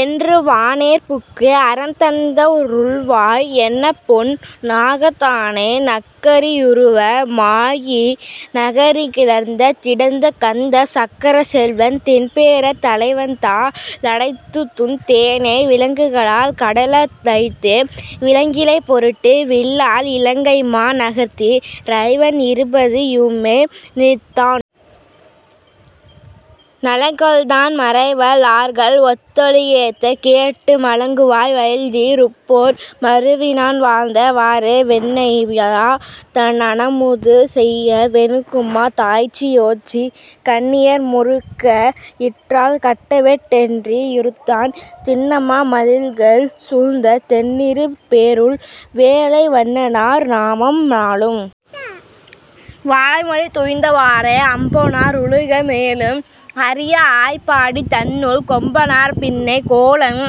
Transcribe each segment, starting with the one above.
என்று வானேர் புக்கு, அரண் தந்த ருள்வாய், என்னப்பொன் னாகத் தானை, நக்கரி யுருவ மாகி நகங்கிளர்ந் திடந்து கந்த, சக்கரச் செல்வன் தென்பேர்த் தலைவன்தா ளடைந்துய்ந் தேனே விலங்கலால் கடல டைத்து விளங்கிழை பொருட்டு, வில்லால், இலங்கைமா நகர்க்கி றைவன் இருபது இது ணித்தான், நலங்கொள்நான் மறைவல் லார்கள் ஒத்தொலி யேத்தக் கேட்டு மலங்குபாய் வயல்தி ருப்பேர் மருவிநான் வாழ்ந்த வாறே வெண்ணெய்தா னமுது செய்ய வெகுண்டுமத் தாய்ச்சி யோச்சி, கண்ணியர் குறுங்க யிற்றால் கட்டவெட் டென்றி ருந்தான், திண்ணமா மதிள்கள் சூழ்ந்த தென்திருப் பேருள், வேலை வண்ணனார் நாமம் நாளும் வாய்மொழிந் துய்ந்த வாறே அம்பொனா ருலக மேழும் அறியஆய்ப் பாடி தன்னுள், கொம்பனார் பின்னை கோலம்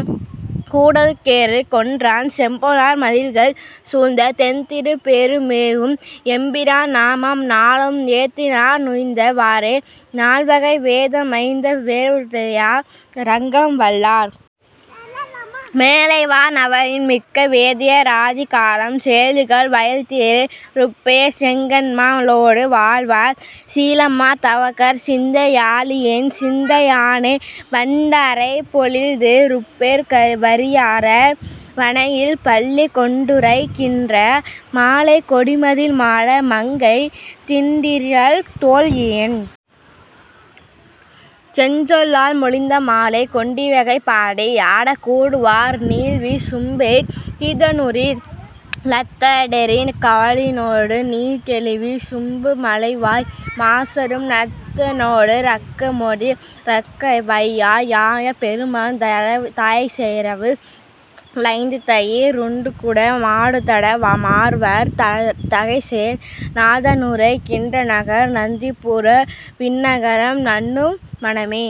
கூடுதற் கேறு கொன்றான், செம்பொனார் மதிள்கள் சூழ்ந்த தென்திருப் பேருள் மேவும், எம்பிரான் நாமம் நாளும் ஏத்திநா னுய்ந்த வாறே நால்வகை வேத மைந்து வேள்வியா றங்கம் வல்லார், மேலைவா னவரின் மிக்க வேதிய ராதி காலம், சேலுகள் வயல்தி ருப்பேர்ச் செங்கண்மா லோடும் வாழ்வார், சீலமா தவத்தர் சிந்தை யாளியென் சிந்தை யானே வண்டறை பொழில்தி ருப்பேர் வரியர வணையில் பள்ளி கொண்டுறை கின்ற மாலைக் கொடிமதிள் மாட மங்கை, திண்டிறல் தோள்கியன் செஞ்சொலால் மொழிந்த மாலை, கொண்டிவை பாடி யாடக் கூடுவார் நீள்வி சும்பே தீதறுநி லத்தொடெரி காலினொடு நீர்க்கெழுவி சும்பு மவையாய், மாசறும னத்தினொடு றக்கமொடி றக்கையவை யாய பெருமான், தாய்செறவு ளைந்துதயி ருண்டுகுட மாடுதட மார்வர் தகைசேர், நாதனுறை கின்றநகர் நந்திபுர விண்ணகரம் நண்ணு மனமே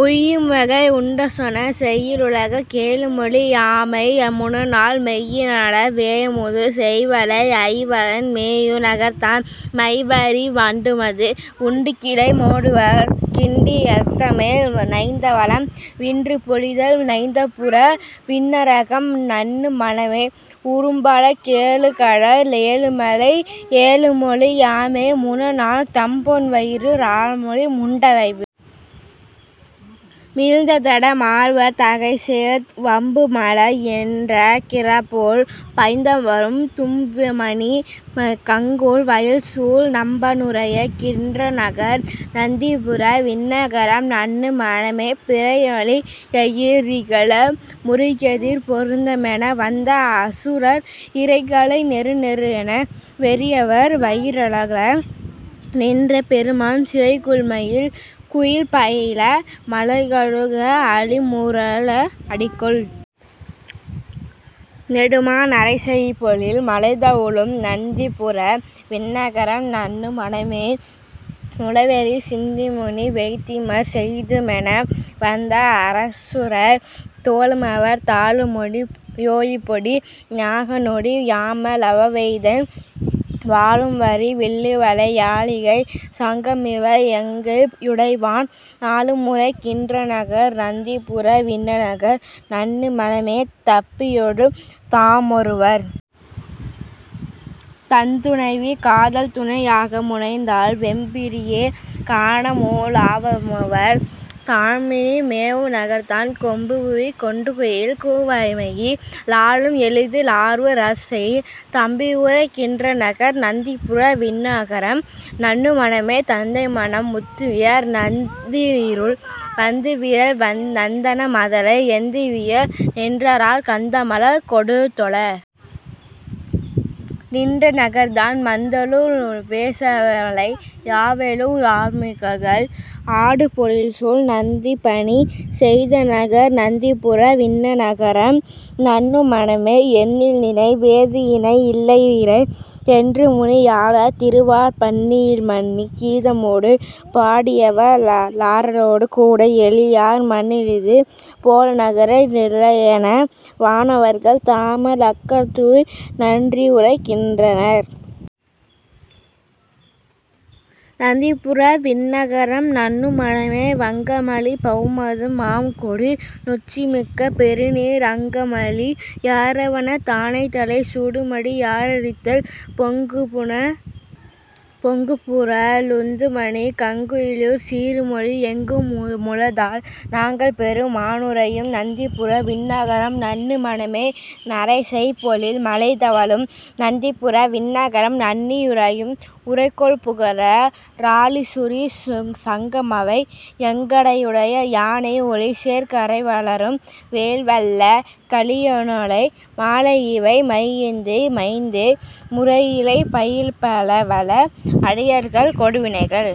உய்யும்வகை யுண்டுசொன செய்யிலுலக கேழுமொழி யாமை முனநாள், மெய்யினள வேயமுது செய்யவல ஐயனவன் மேவு நகர்தான், மையவரி வண்டுமது வுண்டுகிளை யோடுமலர் கிண்டி யதன்மேல், நைவளம்ந விற்றுபொழில் நந்திபுர விண்ணகரம் நண்ணு மனமே உம்பருல கேழுகட லேழுமலை யேழுமொழி யாமை முனநாள், தம்பொன்வயி றாரளவு முண்டவையு மிழ்ந்ததட மார்வர் தகைசேர், வம்புமலர் கின் றபொழில் பைம்பொன்வரு தும்பிமணி கங்குல் வயல்சூழ், நம்பனுறை கின்றநகர் நந்திபுர விண்ணகரம் நண்ணு மனமே பிறையினொளி யெயிறிலக முறுகியெதிர் பொருதுமென வந்த அசுரர் இறைகளவை நெறுநெறென வெறியவவர் வயிறழல நின்ற பெருமான், சிறைகொள்மயில் குயில்பயில மலர்களுக அளிமுரல அடிகொள் நெடுமா, நறைசெய்பொழில் மழைதவழும் நந்திபுர விண்ணகரம் நண்ணு மனமே மூளவெரி சிந்திமுனி வெய்தியமர் செய்துமென வந்த அசுரர், தோளுமவர் தாளுமுடி யோடுபொடி யாகநொடி யாம ளவெய்தான், வாளும்வரி வில்லும்வளை யாழிகதை சங்கமிவை யங்கை யுடையான், நாளுமுறை கின்றநகர் நந்திபுர விண்ணகரம் நண்ணு மனமே தம்பியொடு தாமொருவர் தந்துணைவி காதல்துணை யாக முனநாள், வெம்பியெரி கானகமு லாவுமவர் தாமினிது மேவு நகர்தான், கொம்புகுதி கொண்டுகுயில் கூவமயி லாலும் எழி லார்பு றவுசேர், நம்பியுறை கின்றநகர் நந்திபுர விண்ணகரம் நண்ணு மனமே தந்தைமன முந்துதுயர் நந்நஇருள் வந்தவிறல் நந்தன் மதலை, எந்தையிவ னென்றமரர் கந்தமலர் கொண்டுதொழ நின்ற நகர்தான், மந்தமுழ வோசைமழை யாகவெழு கார்மயில்கள் ஆடுபொழில்சூழ், நந்திபணி செய்தநகர் நந்திபுர விண்ணகரம் நண்ணு மனமே எண்ணில்நினை வெய்தியினி யில்லையிறை யென்றுமுனி யாளர் திருவார், பண்ணில்மலி கீதமொடு பாடியவ ராடலொடு கூட எழிலார், மண்ணிலிது போலநக ரில்லையென வானவர்கள் தாம லர்கள்தூய் நண்ணியுறை கின்றனர் நந்திபுர விண்ணகரம் நண்ணு மனமே வங்கமலி பௌவமது மாமுகடி னுச்சிபுக மிக்க பெருநீர், அங்கமழி யாரவன தாணைதலை சூடுமடி யார றிதியேல், பொங்குபுன லுந்துமணி கங்குலிருள் சீறுமொளி யெங்கு முளதால், நங்கள்பெரு மானுறையும் நந்திபுர விண்ணகரம் நண்ணு மனமே நறைசெய் பொழில் மழைதவழும் நந்திபுர விண்ணகரம் நண்ணி யுறையும், உறைகொள்புக ராழிசுரி சங்கமவை யங்கையுடை யானை, ஒளிசேர் கறைவளரும் வேல்வல்ல கலியனொலி மாலையிவை யைந்து மைந்தும், முறையிலவை பயிலவல அடியவர்கள் கொடுவினைகள்।